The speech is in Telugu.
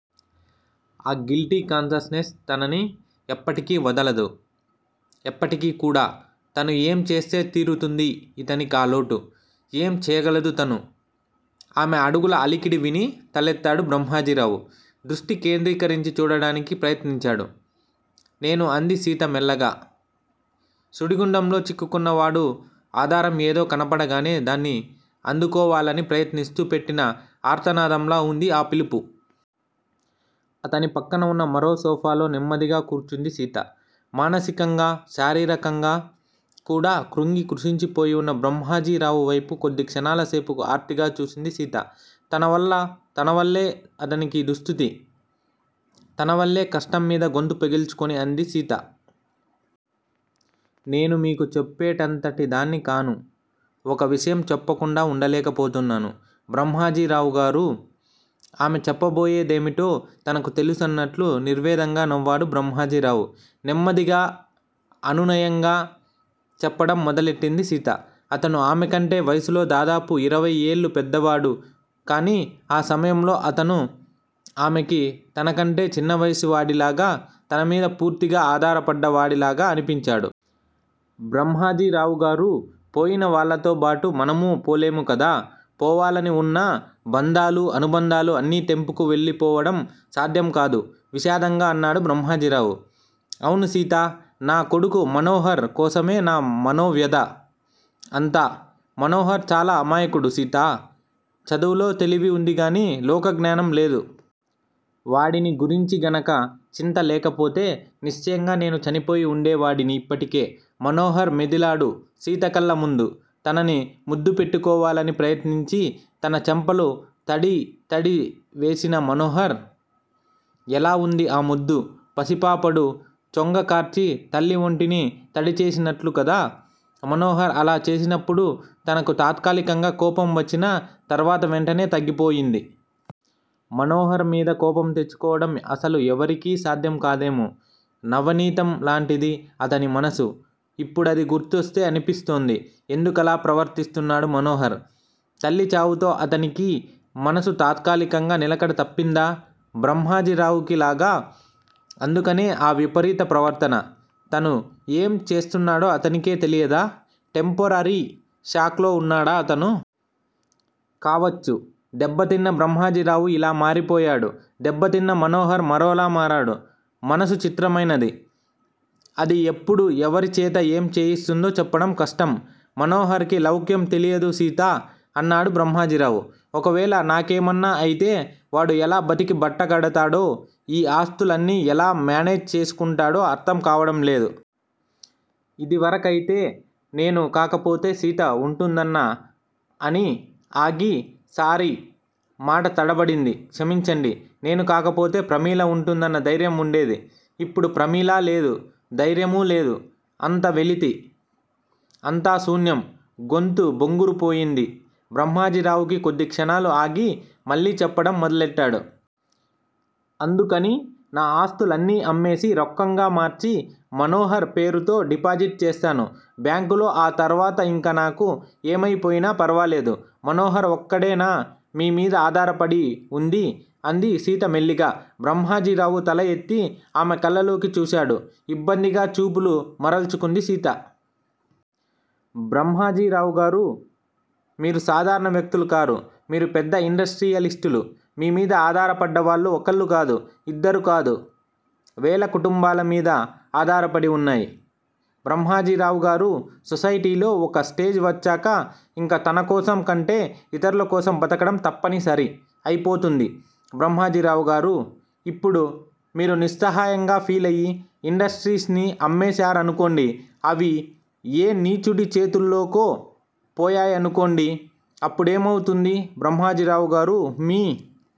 ఆ గిల్టీకాన్షస్ నెస్ తనని ఎప్పటికీ వదలదు! ఎప్పటికీ కూడా! తను ఏం చేస్తే తీరుతుంది ఇతనికా లోటు. ఏం చెయ్యగలదుతను? ఆమె అడుగుల అలికిడి విని తలెత్తాడు బ్రహ్మాజీరావు. దృష్టి కేంద్రీకరించి చూడడానికి ప్రయత్నించాడు. నేను అంది సీత మెల్లగా. సుడిగుండంలో చిక్కుకున్న వాడు ఆధారం ఏదో కనబడగానే దాన్ని అందుకోవాలని ప్రయత్నిస్తూ పెట్టిన ఆర్తనాదంలా వుంది ఆ పిలుపు! అతని పక్కన వున్న మరో సోఫాలో నెమ్మదిగా కూర్చుంది సీత. మానసికంగా, శారీరకంగా కూడా క్రుంగి కృశించి పోయివున్న బ్రహ్మాజీరావు వైపు కొద్ది క్షణాల సేపు ఆర్తిగా చూసింది సీత. తన వల్ల తనవల్లే అతనికీ దుస్థితి! తనవల్లే! కష్టంమీద గొంతు పెగల్చుకుని అంది సీత. నేను మీకు చెప్పేటంతటిదాన్ని కాను. ఒక విషయం చెప్పకుండా ఉండలేకపోతున్నాను బ్రహ్మజీరావుగారూ! ఆమెచెప్పబోయేదేమిటో తనకు తెలుసన్నట్లు నిర్వేదంగా నవ్వాడు బ్రహ్మాజీరావు. నెమ్మదిగా, అనునయంగా చెప్పడం మొదలెట్టింది సీత. అతను ఆమెకంటే వయసులో దాదాపు ఇరవయ్యేళ్ళుపెద్దవాడు. కానీ, ఆ సమయంలో అతను ఆమెకి తనకంటే చిన్నవయసువాడిలాగా, తనమీద పూర్తిగా ఆధారపడ్డ వాడిలాగా అనిపించాడు. బ్రహ్మాజీరావుగారూ! పోయిన వాళ్ళతోబాటు మనమూ పోలేము కదా! పోవాలని ఉన్నా బంధాలూ, అనుబంధాలూ అన్నీ తెంపుకు వెళ్ళిపోవడం సాధ్యంకాదు విషాదంగా అన్నాడు బ్రహ్మాజీరావు. అవును సీతా! నా కొడుకు మనోహర్ కోసమే నా మనోవ్యధ అంతా! మనోహర్ చాలా అమాయకుడు సీతా! చదువులో తెలివి ఉందిగానీ, లోకజ్ఞానం లేదు. వాడిని గురించిగనక చింత లేకపోతే, నిశ్చయంగా నేను చనిపోయి ఉండే వాడిని ఇప్పటికే! మనోహర్ మెదిలాడు సీతకళ్ళ ముందు, తనని ముద్దుపెట్టుకోవాలని ప్రయత్నించి తన చెంపలు తడితడి వేసిన మనోహర్. ఎలా ఉంది ఆ ముద్దు? పసిపాపడు చొంగకార్చి తల్లి ఒంటిని తడిచేసినట్లుకదా? మనోహర్ అలా చేసినప్పుడు తనకు తాత్కాలికంగా కోపం వచ్చినా తర్వాత వెంటనే తగ్గిపోయింది. మనోహర్ మీదకోపం తెచ్చుకోవడం అసలు ఎవరికీ సాధ్యంకాదేమో! నవనీతంలాంటిది అతనిమనసు! ఇప్పుడది గుర్తొస్తే అనిపిస్తోంది. ఎందుకలా ప్రవర్తిస్తున్నాడు మనోహర్! తల్లిచావుతో అతనికీ మనసు తాత్కాలికంగా నిలకడతప్పిందా? బ్రహ్మాజీరావుకిలాగా? అందుకనే ఆ విపరీత ప్రవర్తన? తను ఏం చేస్తున్నాడో అతనికే తెలియదా? టెంపొరరీ షాక్ లో ఉన్నాడా అతను! కావచ్చు! దెబ్బతిన్న బ్రహ్మాజీరావు ఇలా మారిపోయాడు. దెబ్బతిన్న మనోహర్ మరోలా మారాడు. మనసు చిత్రమైనది. అది ఎప్పుడు ఎవరిచేత ఏం చేయిస్తుందో చెప్పడం కష్టం! మనోహర్ కి లౌక్యం తెలియదు సీతా? అన్నాడు బ్రహ్మాజీరావు. ఒకవేళ నాకేమన్నా అయితే వాడు ఎలా బతికి బట్టకడతాడో ఈ ఆస్తులన్నీ ఎలా మేనేజ్ చేసుకుంటాడో అర్ధంకావడంలేదు. ఇదివరకయితే నేను కాకపోతే సీత ఉంటుందన్న అని ఆగి, సారీ! మాట తడబడింది! క్షమించండి! నేను కాకపోతే ప్రమీల ఉంటుందన్న ధైర్యం ఉండేది. ఇప్పుడు ప్రమీలా లేదు. ధైర్యమూ లేదు. అంత వెలితి! అంతాశూన్యం! గొంతు బొంగురుపోయింది బ్రహ్మాజీరావుకి కొద్ది క్షణాలు ఆగి మళ్ళీ చెప్పడం మొదలెట్టాడు. అందుకని, నా ఆస్తులన్నీ అమ్మేసి, రొక్కంగా మార్చి, మనోహర్ పేరుతో డిపాజిట్ చేస్తాను బ్యాంకులో ఆ తర్వాత ఇంక నాకు ఏమయిపోయినా ఫర్వాలేదు. మనోహర్ ఒక్కడేనా మీమీద ఆధారపడి ఉంది? అంది సీత మెల్లిగా. బ్రహ్మాజీరావు తల ఎత్తి ఆమెకళ్ళలోకి చూసాడు. ఇబ్బందిగా చూపులు మరల్చుకుంది సీత. బ్రహ్మాజీరావుగారూ! మీరు సాధారణ వ్యక్తులుకారు! మీరు పెద్ద ఇండస్ట్రీయలిస్టులు మీమీద ఆధారపడ్డవాళ్ళు ఒకళ్ళు కాదు. ఇద్దరు కాదు. వేల కుటుంబాల మీద ఆధారపడి ఉన్నాయి. బ్రహ్మాజీరావుగారూ! సొసైటీలో ఒక స్టేజ్ వచ్చాక ఇంక తనకోసం కంటే ఇతరులకోసం బతకడం తప్పనిసరి అయిపోతుంది బ్రహ్మాజీరావుగారూ! ఇప్పుడు మీరు నిస్సహాయంగా ఫీలయి ఇండస్ట్రీస్ ని అమ్మేశారనుకోండి. అవి ఏ నీచుడిచేతుల్లోకో పోయాయనుకోండి. అప్పుడేమవుతుంది బ్రహ్మాజీరావుగారూ! మీ